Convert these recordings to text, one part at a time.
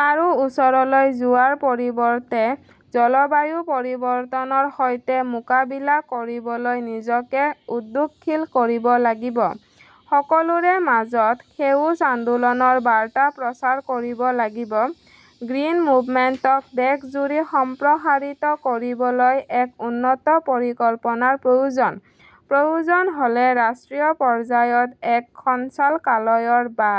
কাৰো ওচৰলৈ যোৱাৰ পৰিৱৰ্তে জলবায়ু পৰিৱৰ্তনৰ সৈতে মোকাবিলা কৰিবলৈ নিজকে উদ্যোগশীল কৰিব লাগিব। সকলোৰে মাজত সেউজ আন্দোলনৰ বাৰ্তা প্ৰচাৰ কৰিব লাগিব। গ্ৰীণ মুভমেণ্টক দেশজুৰি সম্প্ৰসাৰিত কৰিবলৈ এক উন্নত পৰিকল্পনাৰ প্ৰয়োজন। প্ৰয়োজন হ'লে ৰাষ্ট্ৰীয় পৰ্যায়ত এক সঞ্চালকালয় বা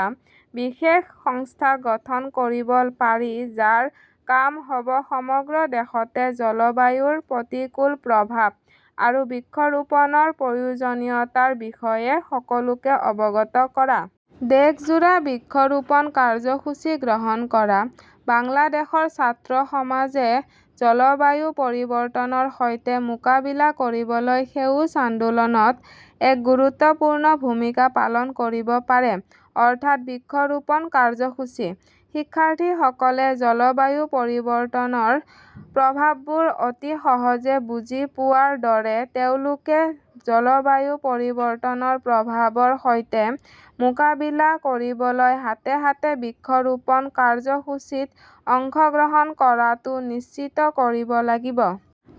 বিশেষ সংস্থা গঠন কৰিব পাৰি যাৰ কাম হ'ব সমগ্ৰ দেশতে জলবায়ুৰ প্ৰতিকূল প্ৰভাৱ আৰু বৃক্ষৰোপণৰ প্ৰয়োজনীয়তাৰ বিষয়ে সকলোকে অৱগত কৰা। দেশজোৰা বৃক্ষ ৰোপণ কাৰ্যসূচী গ্ৰহণ কৰা। বাংলাদেশৰ ছাত্ৰ সমাজে জলবায়ু পৰিৱৰ্তনৰ সৈতে মোকাবিলা কৰিবলৈ সেউজ আন্দোলনত এক গুৰুত্বপূৰ্ণ ভূমিকা পালন কৰিব পাৰে, অৰ্থাৎ বৃক্ষৰোপণ কাৰ্যসূচী। শিক্ষাৰ্থীসকলে জলবায়ু পৰিৱৰ্তনৰ প্ৰভাৱবোৰ অতি সহজে বুজি পোৱাৰ দৰে তেওঁলোকে জলবায়ু পৰিৱৰ্তনৰ প্ৰভাৱৰ সৈতে মোকাবিলা কৰিবলৈ হাতে হাতে বৃক্ষৰোপণ কাৰ্যসূচীত অংশগ্ৰহণ কৰাটো নিশ্চিত কৰিব লাগিব।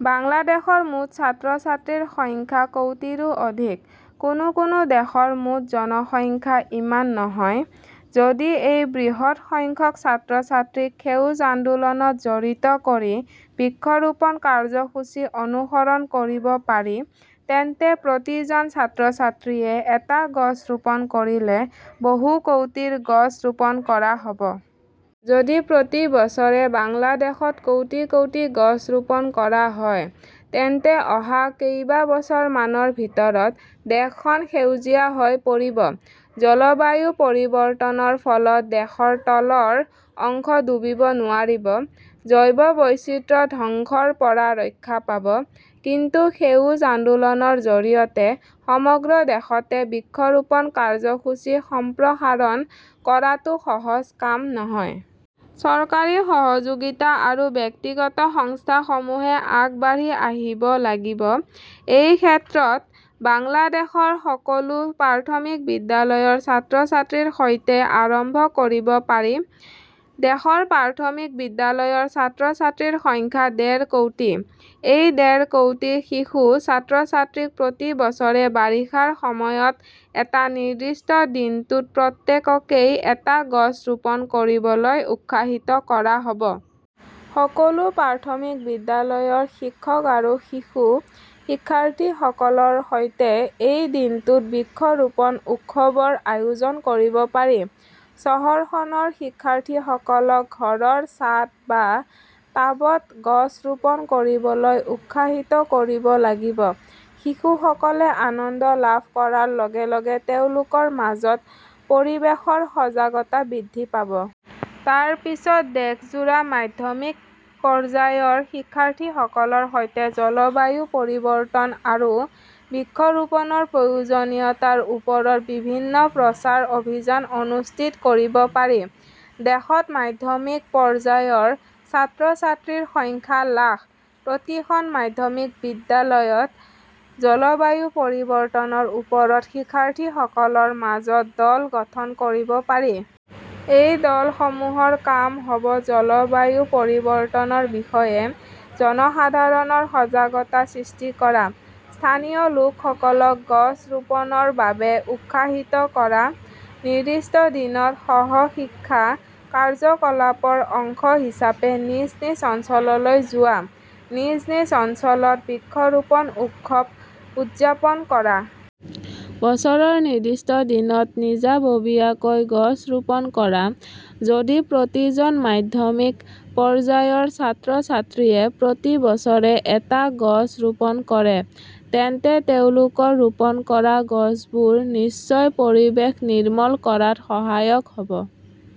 বাংলাদেশৰ মুঠ ছাত্ৰ-ছাত্ৰীৰ সংখ্যা কোটিৰো অধিক, কোনো কোনো দেশৰ মুঠ জনসংখ্যা ইমান নহয়, যদি এই বৃহৎ সংখ্যক ছাত্ৰ-ছাত্ৰীক সেউজ আন্দোলনত জড়িত কৰি বৃক্ষৰোপণ কাৰ্যসূচী অনুসৰণ কৰিব পাৰি তেন্তে প্ৰতিজন ছাত্ৰ-ছাত্ৰীয়ে এটা গছ ৰোপণ কৰিলে বহু কোটি গছ ৰোপণ কৰা হ'ব। যদি প্ৰতি বছৰে বাংলাদেশত কোটি কোটি গছ ৰোপণ কৰা হয়, তেন্তে অহা কেইবছৰমানৰ ভিতৰত দেশখন সেউজীয়া হৈ পৰিব। জলবায়ু পৰিৱৰ্তনৰ ফলত দেশৰ তলৰ অংশ ডুবিব নোৱাৰিব। জৈৱ বৈচিত্ৰ্য ধ্বংসৰ পৰা ৰক্ষা পাব। কিন্তু সেউজ আন্দোলনৰ জৰিয়তে সমগ্ৰ দেশতে বৃক্ষৰোপণ কাৰ্যসূচী সম্প্ৰসাৰণ কৰাটো সহজ কাম নহয়। চৰকাৰী সহযোগিতা আৰু ব্যক্তিগত সংস্থাসমূহে আগবাঢ়ি আহিব লাগিব। এই ক্ষেত্ৰত বাংলাদেশৰ সকলো প্ৰাথমিক বিদ্যালয়ৰ ছাত্ৰ-ছাত্ৰীৰ সৈতে আৰম্ভ কৰিব পাৰি। দেশত প্ৰাথমিক বিদ্যালয়ৰ ছাত্ৰ-ছাত্ৰীৰ সংখ্যা ডেৰ কোটি। এই ডেৰ কোটি শিশু ছাত্ৰ-ছাত্ৰীক প্ৰতি বছৰে বাৰিষাৰ সময়ত এটা নিৰ্দিষ্ট দিনটোত প্ৰত্যেকেই এটা গছ ৰোপণ কৰিবলৈ উৎসাহিত কৰা হ'ব। সকলো প্ৰাথমিক বিদ্যালয়ৰ শিক্ষক আৰু শিশু শিক্ষাৰ্থীসকলৰ সৈতে এই দিনটোত বৃক্ষৰোপণ উৎসৱৰ আয়োজন কৰিব পাৰি। চহৰখনৰ শিক্ষাৰ্থীসকলক ঘৰৰ ছাদ বা টাবত গছ ৰোপণ কৰিবলৈ উৎসাহিত কৰিব লাগিব। শিশুসকলে আনন্দ লাভ কৰাৰ লগে লগে তেওঁলোকৰ মাজত পৰিৱেশৰ সজাগতা বৃদ্ধি পাব। তাৰ পিছত দেশজোৰা মাধ্যমিক পৰ্যায়ৰ শিক্ষাৰ্থীসকলৰ সৈতে জলবায়ু পৰিৱৰ্তন আৰু বৃক্ষৰোপণৰ প্ৰয়োজনীয়তাৰ ওপৰত বিভিন্ন প্ৰচাৰ অভিযান অনুষ্ঠিত কৰিব পাৰি। দেশত মাধ্যমিক পৰ্যায়ৰ ছাত্ৰ-ছাত্ৰীৰ সংখ্যা লাখ। প্ৰতিখন মাধ্যমিক বিদ্যালয়ত জলবায়ু পৰিৱৰ্তনৰ ওপৰত শিক্ষাৰ্থীসকলৰ মাজত দল গঠন কৰিব পাৰি। এই দলসমূহৰ কাম হ'ব জলবায়ু পৰিৱৰ্তনৰ বিষয়ে জনসাধাৰণৰ সজাগতা সৃষ্টি কৰা, স্থানীয় লোকসকলক গছ ৰোপণৰ বাবে উৎসাহিত কৰা, নিৰ্দিষ্ট দিনত সহ-শিক্ষা কাৰ্যকলাপৰ অংশ হিচাপে নিজ নিজ অঞ্চললৈ যোৱা। নিজ নিজ অঞ্চলত বৃক্ষৰোপণ উৎসৱ উদযাপন কৰা। বছৰৰ নিৰ্দিষ্ট দিনত নিজাববীয়াকৈ গছ ৰোপণ কৰা। যদি প্ৰতিজন মাধ্যমিক পৰ্যায়ৰ ছাত্ৰ-ছাত্ৰীয়ে প্ৰতি বছৰে এটা গছ ৰোপণ কৰে, তেন্তে তেওঁলোকৰ ৰোপণ কৰা গছবোৰ নিশ্চয় পৰিবেশ নিৰ্মল কৰাত সহায়ক হ'ব।